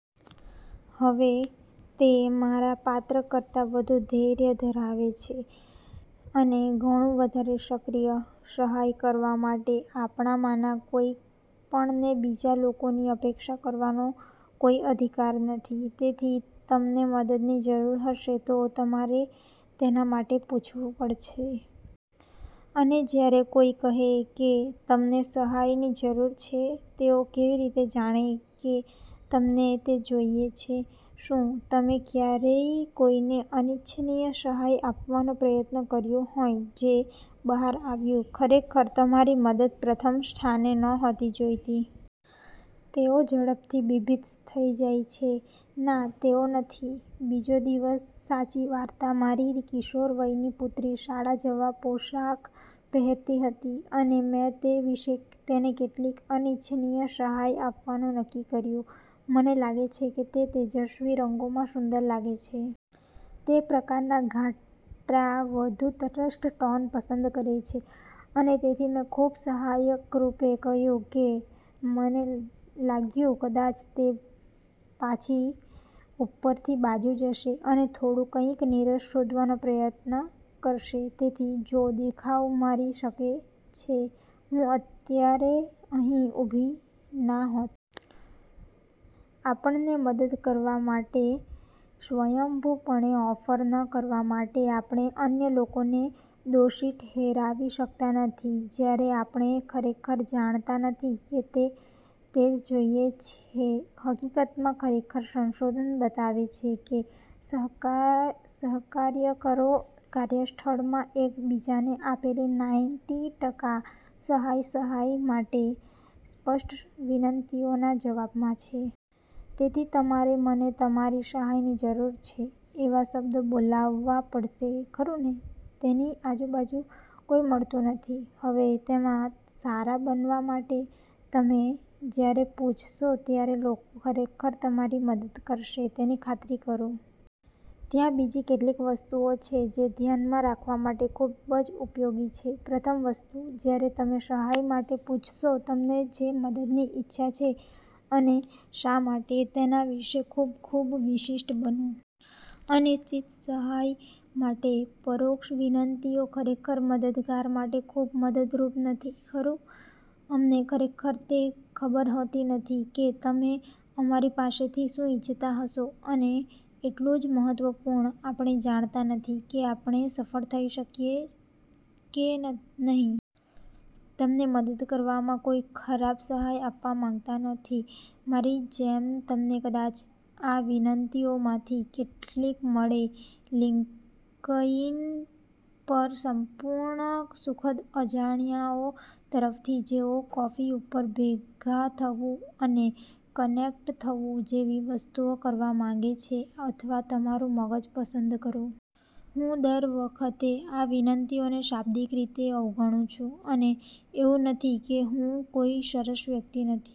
હવે, તે મારા પાત્ર કરતાં વધુ ધૈર્ય ધરાવે છે અને ઘણું વધારે સક્રિય, સહાય કરવા માટે આપણામાંના કોઈપણને બીજા લોકોની અપેક્ષા કરવાનો કોઈ અધિકાર નથી. તેથી તમને મદદની જરૂર હશે તો તમારે તેના માટે પૂછવું પડશે. અને જ્યારે કોઈ કહે કે તમને સહાયની જરૂર છે, તેઓ કેવી રીતે જાણે કે તમને તે જોઈએ છે? શું તમે ક્યારેય કોઈને અનિચ્છનીય સહાય આપવાનો પ્રયત્ન કર્યો હોય જે બહાર આવ્યું, ખરેખર તમારી મદદ પ્રથમ સ્થાને નહોતી જોઈતી? તેઓ ઝડપથી બીભત્સ થઈ જાય છે. ના તેઓ નથી? બીજો દિવસ સાચી વાર્તા મારી કિશોરવયની પુત્રી શાળા જવા પોશાક પહેરતી હતી અને મેં તે વિશે તેને કેટલીક અનિચ્છનીય સહાય આપવાનું નક્કી કર્યું. મને લાગે છે કે તે તેજસ્વી રંગોમાં સુંદર લાગે છે. તે પ્રકારના ઘાટા વધુ તટસ્થ ટોન પસંદ કરે છે અને તેથી મેં ખૂબ સહાયક રૂપે કહ્યું કે મને લાગ્યું કદાચ તે પાછી ઉપરની બાજુ જશે અને થોડું કંઈક નીરસ શોધવાનો પ્રયત્ન કરશે. તેથી, જો દેખાવ મારી શકે છે, હું અત્યારે અહીં ઊભી ના હોત. આપણને મદદ કરવા માટે સ્વયંભૂપણે ઓફર ન કરવા માટે આપણે અન્ય લોકોને દોષી ઠેરવી શકતા નથી જ્યારે આપણે ખરેખર જાણતા નથી કે તે જ જોઈએ છે. હકીકતમાં, ખરેખર, સંશોધન બતાવે છે કે સહકાર્યકરો કાર્યસ્થળમાં એક બીજાને આપેલી નાઈન્ટી ટકા સહાય સહાય માટે સ્પષ્ટ વિનંતીઓના જવાબમાં છે. તેથી તમારે "મને તમારી સહાયની જરૂર છે" એવા શબ્દો બોલવા પડશે. ખરું ને? તેની આજુબાજુ કોઈ મળતું નથી. હવે, તેમાં સારા બનવા માટે તમે જ્યારે પૂછશો ત્યારે લોકો ખરેખર તમારી મદદ કરશે, તેની ખાતરી કરો. ત્યાં બીજી કેટલીક વસ્તુઓ છે જે ધ્યાનમાં રાખવા માટે ખૂબ જ ઉપયોગી છે. પ્રથમ વસ્તુ, જ્યારે તમે સહાય માટે પૂછશો, તમને જે મદદની ઇચ્છા છે અને શા માટે, તેના વિશે ખૂબ, ખૂબ વિશિષ્ટ બનો. અનિશ્ચિત, સહાય માટેની પરોક્ષ વિનંતીઓ ખરેખર મદદગાર માટે ખૂબ મદદરૂપ નથી, ખરું? અમને ખરેખર તે ખબર હોતી નથી કે તમે અમારી પાસેથી શું ઇચ્છતા હશો અને એટલું જ મહત્વપૂર્ણ, આપણે જાણતા નથી કે આપણે સફળ થઈ શકીએ કે નહીં. તમને મદદ કરવામાં કોઈ ખરાબ સહાય આપવા માંગતો નથી. મારી જેમ તમને કદાચ આ વિનંતીઓમાંથી કેટલીક મળે લિંક્ડઇન પર સંપૂર્ણ સુખદ અજાણ્યાઓ તરફથી જેઓ "કોફી ઉપર ભેગા થવું અને કનેક્ટ થવું" જેવી વસ્તુઓ કરવા માંગે છે અથવા "તમારું મગજ પસંદ કરો." હું દર વખતે આ વિનંતીઓને શાબ્દિક રીતે અવગણું છું. અને એવું નથી કે હું કોઈ સરસ વ્યક્તિ નથી.